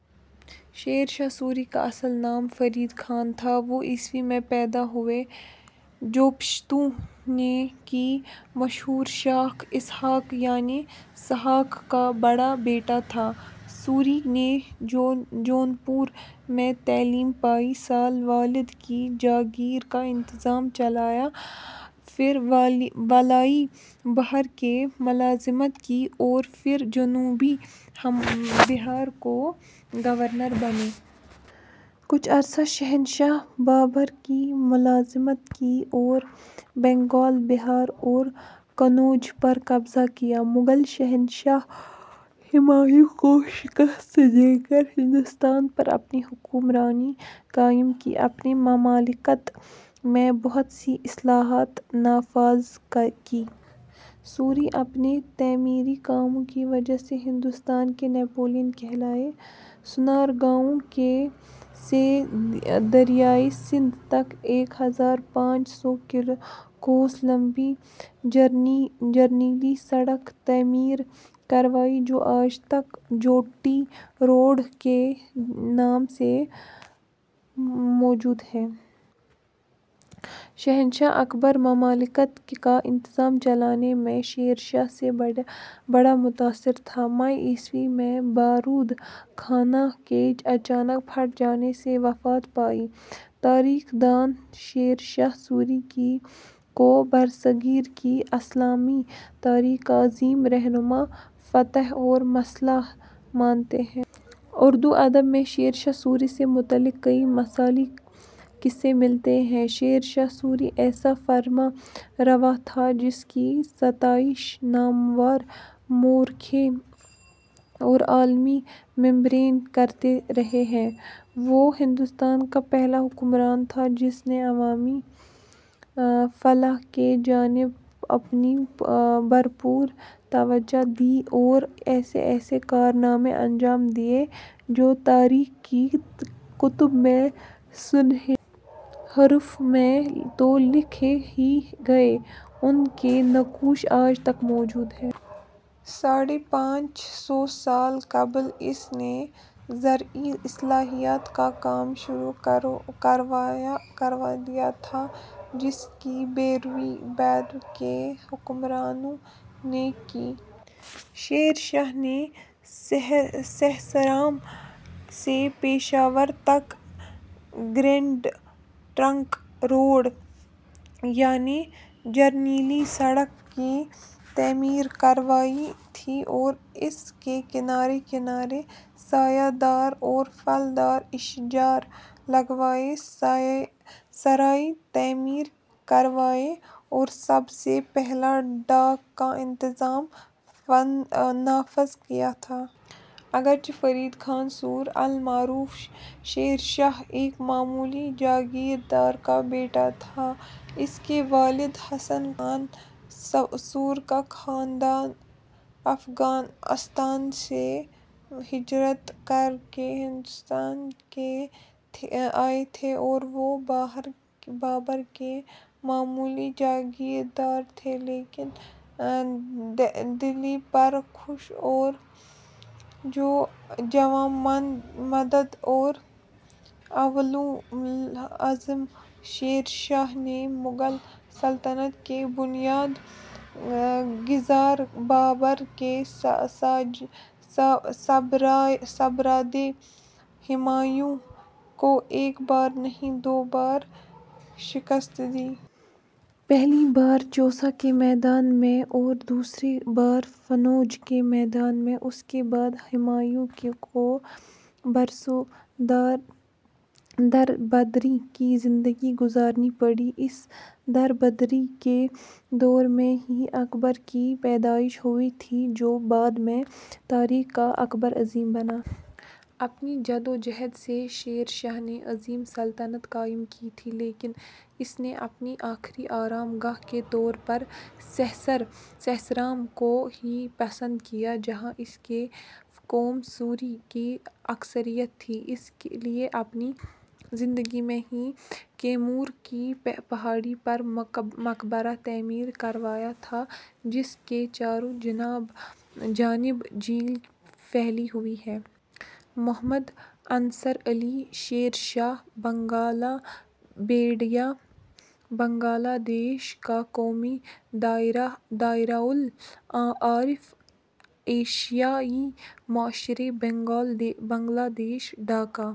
Sher Shah sorry, کا اصل نام فرید خان تھا۔ وہ ء میں پیدا ہوئے جو پشتون کی مشہور شاخ اسحاق یعنی سہاک کا بڑا بیٹا تھا۔ سوری نے جونپور میں تعلیم پائی۔ سال والد کی جاگیر کا انتظام چلایا پھر والئی بہار کی ملازمت کی اور پھر جنوبی بہار کے گورنر بنے۔ کچھ عرصہ شہنشاہ بابر کی ملازمت کی اور بنگال ، بہار اور قنوج پر قبضہ کیا۔ مغل شہنشاہ ہمایوں کو شکست دے کر ہندوستان پر اپنی حکمرانی قائم کی۔ اپنی مملکت میں بہت سی اصلاحات نافذ کیں۔ سوری اپنے تعمیری کاموں کی وجہ سے ہندوستان کے نپولین کہلائے سنار گاؤں سے دریائے سندھ تک ایک ہزار پانچ سو کوس لمبی جرنیلی سڑک تعمیر کروائی جو آج تک جی ٹی روڈ کے نام سے موجود ہے۔ شہنشاہ اکبر مملکت کا انتظام چلانے میں شیرشاہ سے بڑا متاثر تھا۔ مئی ء میں بارود خانہ کے اچانک پھٹ جانے سے وفات پائی۔ تاریخ دان شیر شاہ سوری کو برصغیر کی اسلامی تاریخ کا عظیم رہنما، فاتح اور مصلح مانتے ہیں۔ اردو ادب میں شیر شاہ سوری سے متعلق کئی مثالی قصے ملتے ہیں۔ شیر شاہ سوری ایسا فرماں روا تھا جس کی ستائش نامور مؤرخین اور عالمی مبصرین کرتے رہے ہیں۔ وہ ہندوستان کا پہلا حکمران تھا جس نے عوامی فلاح کی جانب اپنی بھرپور توجہ دی اور ایسے ایسے کارنامے انجام دیے جو تاریخ کی کتب میں سنہرے حروف میں تو لکھے ہی گئے، ان کے نقوش آج تک موجود ہیں۔ ساڑھے پانچ سو سال قبل اس نے زرعی اصلاحات کا کام شروع کروا دیا تھا، جس کی پیروی بعد کے حکمرانوں نے کی۔ شیر شاہ نے سہسرام سے پشاور تک گرینڈ ٹرنک روڈ یعنی جرنیلی سڑک کی تعمیر کروائی تھی اور اس کے کنارے کنارے سایہ دار اور پھل دار اشجار لگوائے، سرائیں تعمیر کروائیں اور سب سے پہلا ڈاک کا نظام نافذ کیا تھا۔ اگرچہ فرید خان سور المعروف شیر شاہ ایک معمولی جاگیردار کا بیٹا تھا۔ اس کے والد حسن خان سور کا خاندان افغانستان سے ہجرت کرکے ہندوستان آئے تھے اور وہ بابر کے معمولی جاگیردار تھے لیکن دلیر پرجوش اور جواں مرد اور اولو العزم شیر شاہ نے مغل سلطنت کے بنیاد گزار بابر کے صاحبزادے ہمایوں کو ایک بار نہیں دو دو بار شکست دی۔ پہلی بار چوسہ کے میدان میں اور دوسری بار قنّوج کے میدان میں۔ اُس کے بعد ہمایوں کو برسوں در بدری کی زندگی گزارنی پڑی اس در بدری کے دور میں ہی اکبر کی پیدائش ہوئی تھی جو بعد میں تاریخ کا اکبر اعظم بنا۔ اپنی جدوجہد سے شیر شاہ نے عظیم سلطنت قائم کی تھی۔ لیکن اس نے اپنی آخری آرام گاہ کے طور پر سہسرام کو ہی پسند کیا جہاں اس کی قوم سوری کی اکثریت تھی اس لیے اپنی زندگی میں ہی کیمور کی پہاڑی پر مقبرہ تعمیر کروایا تھا جس کے چاروں جانب جھیل پھیلی ہوئی ہے۔ ↑ محمد عنصر علی, شیر شاہ, بنگلہ پیڈیا: بنگلہ دیش کا قومی دائرۃ المعارف, ایشیائی معاشرہ بنگلہ دیش, ڈھاکہ,: ۔